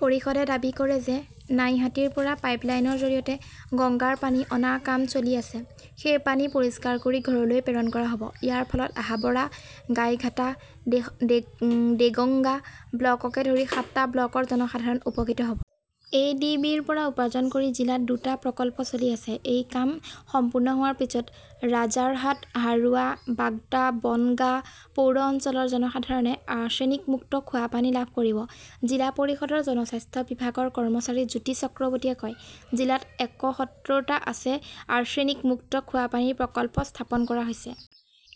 পৰিষদে দাবী কৰে যে, নাইহাটীৰ পৰা পাইপ লাইনৰ জৰিয়তে গংগাৰ পানী অনাৰ কাম চলি আছে। সেই পানী পৰিষ্কাৰ কৰি ঘৰলৈ প্ৰেৰণ কৰা হব। ইয়াৰ ফলত হাবৰা, গাইঘাটা, দেগঙ্গা ব্লককে ধৰি সাতটা ব্লকৰ জনসাধাৰণ উপকৃত হব। এ ডি বিৰ পৰা উপাৰ্জন কৰি জিলাত দুটা প্ৰকল্প চলি আছে। এই কাম সম্পূৰ্ণ হোৱাৰ পিছত ৰাজাৰহাট, হাৰোৱা, বাগদা, বনগাঁ পৌৰ অঞ্চলৰ জনসাধাৰণে আৰ্ছেনিক-মুক্ত খোৱাপানী লাভ কৰিব। জিলা পৰিষদৰ জনস্বাস্থ্য বিভাগৰ কৰ্মচাৰী জ্যোতি চক্ৰৱৰ্তীয়ে কয়, "জিলাত একসত্তৰটা আৰ্ছেনিক-মুক্ত খোৱাপানীৰ প্ৰকল্প স্থাপন কৰা হৈছে।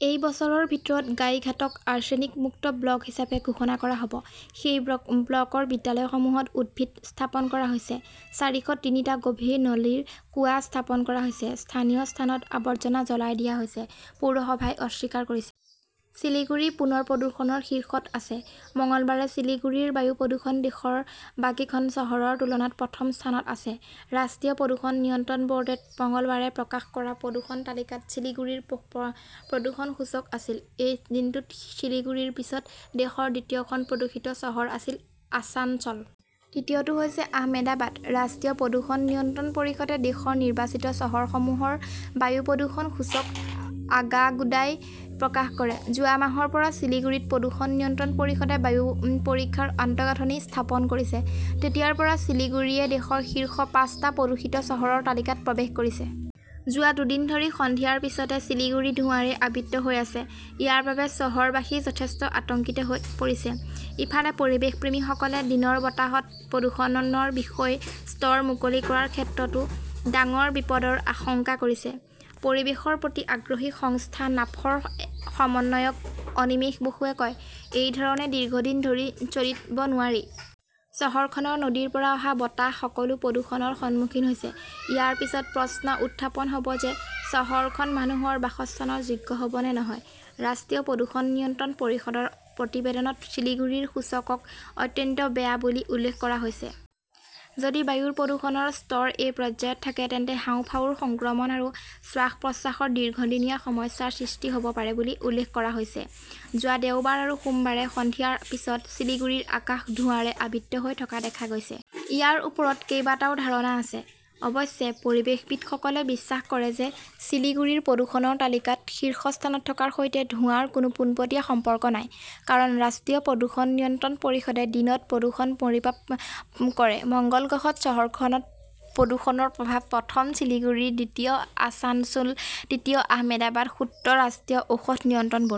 এই বছৰৰ ভিতৰত গাইঘাটক "আৰ্ছেনিক মুক্ত ব্লক" হিচাপে ঘোষণা কৰা হব। সেই ব্লকৰ বিদ্যালয়সমূহত উদ্ভিদ স্থাপন কৰা হৈছে। চাৰিশ তিনিটা গভীৰ নলীৰ কুঁৱা স্থাপন কৰা হৈছে"। স্থানীয় স্থানত আৱৰ্জনা জ্বলাই দিয়া হৈছে, পৌৰসভাই অস্বীকাৰ কৰিছে । শিলিগুৰি পুনৰ প্ৰদূষণৰ শীৰ্ষত আছে। মঙলবাৰে শিলিগুৰিৰ বায়ু প্ৰদূষণ দেশৰ বাকীখন চহৰৰ তুলনাত প্ৰথম স্থানত আছে। ৰাষ্ট্ৰীয় প্ৰদূষণ নিয়ন্ত্ৰণ বৰ্ডে মঙলবাৰে প্ৰকাশ কৰা প্ৰদূষণ তালিকাত শিলিগুৰিৰ প্ৰদূষণ সূচক আছিল। এই দিনটোত শিলিগুৰিৰ পিছত দেশৰ দ্বিতীয়খন প্ৰদূষিত চহৰ আছিল আছানচল। তৃতীয়টো হৈছে আহমেদাবাদ। ৰাষ্ট্ৰীয় প্ৰদূষণ নিয়ন্ত্ৰণ পৰিষদে দেশৰ নিৰ্বাচিত চহৰসমূহৰ বায়ু প্ৰদূষণ সূচক আগাগোদাই প্ৰকাশ কৰে। যোৱা মাহৰ পৰা শিলিগুৰিত প্ৰদূষণ নিয়ন্ত্ৰণ পৰিষদে বায়ু পৰীক্ষাৰ আন্তঃগাঁথনি স্থাপন কৰিছে। তেতিয়াৰ পৰা শিলিগুৰিয়ে দেশৰ শীৰ্ষ পাঁচটা প্ৰদূষিত চহৰৰ তালিকাত প্ৰৱেশ কৰিছে। যোৱা দুদিন ধৰি সন্ধিয়াৰ পিছতে শিলিগুৰি ধোঁৱাৰে আবৃত হৈ আছে। ইয়াৰ বাবে চহৰবাসী যথেষ্ট আতংকিত হৈ পৰিছে। ইফালে পৰিৱেশপ্ৰেমীসকলে দিনৰ বতাহত প্ৰদূষণৰ বিষৰ স্তৰ মুকলি কৰাৰ ক্ষেত্ৰতো ডাঙৰ বিপদৰ আশংকা কৰিছে। পৰিৱেশৰ প্ৰতি আগ্ৰহী সংস্থা নাফৰ সমন্বয়ক অনিমেশ বসুৱে কয়, "এই ধৰণে দীৰ্ঘদিন ধৰি চলিব নোৱাৰি। চহৰখনৰ নদীৰ পৰা অহা বতাহ সকলো প্ৰদূষণৰ সন্মুখীন হৈছে। ইয়াৰ পিছত প্ৰশ্ন উত্থাপন হব যে, চহৰখন মানুহৰ বাসস্থানৰ যোগ্য হব নে নহয়"। ৰাষ্ট্ৰীয় প্ৰদূষণ নিয়ন্ত্ৰণ পৰিষদৰ প্ৰতিবেদনত শিলিগুৰিৰ সূচকক "অত্যন্ত বেয়া" বুলি উল্লেখ কৰা হৈছে। যদি বায়ুৰ প্ৰদূষণৰ স্তৰ এই পৰ্যায়ত থাকে, তেন্তে হাঁওফাঁওৰ সংক্ৰমণ আৰু শ্বাস-প্ৰশ্বাসৰ দীৰ্ঘদিনীয়া সমস্যাৰ সৃষ্টি হব পাৰে বুলি উল্লেখ কৰা হৈছে। যোৱা দেওবাৰ আৰু সোমবাৰে সন্ধিয়াৰ পিছত শিলিগুৰিৰ আকাশ ধোঁৱাৰে আবৃত হৈ থকা দেখা গৈছে। ইয়াৰ ওপৰত কেইবাটাও ধাৰণা আছে। অৱশ্যে পৰিৱেশবিদসকলে বিশ্বাস কৰে যে, শিলিগুৰি প্ৰদূষণৰ তালিকাত শীৰ্ষস্থানত থকাৰ সৈতে ধোঁৱাৰ কোনো পোনপটীয়া সম্পৰ্ক নাই। কাৰণ ৰাষ্ট্ৰীয় প্ৰদূষণ নিয়ন্ত্ৰণ পৰিষদে দিনত প্ৰদূষণ পৰিমাপ কৰে। মঙ্গল গ্ৰহত চহৰখনত প্ৰদূষণৰ প্ৰভাৱ; প্ৰথম শিলিগুৰি; দ্বিতীয় আছানছোল; তৃতীয় আহমেদাবাদ, সূত্ৰ ৰাষ্ট্ৰীয় ঔষধ নিয়ন্ত্ৰণ বৰ্ড ।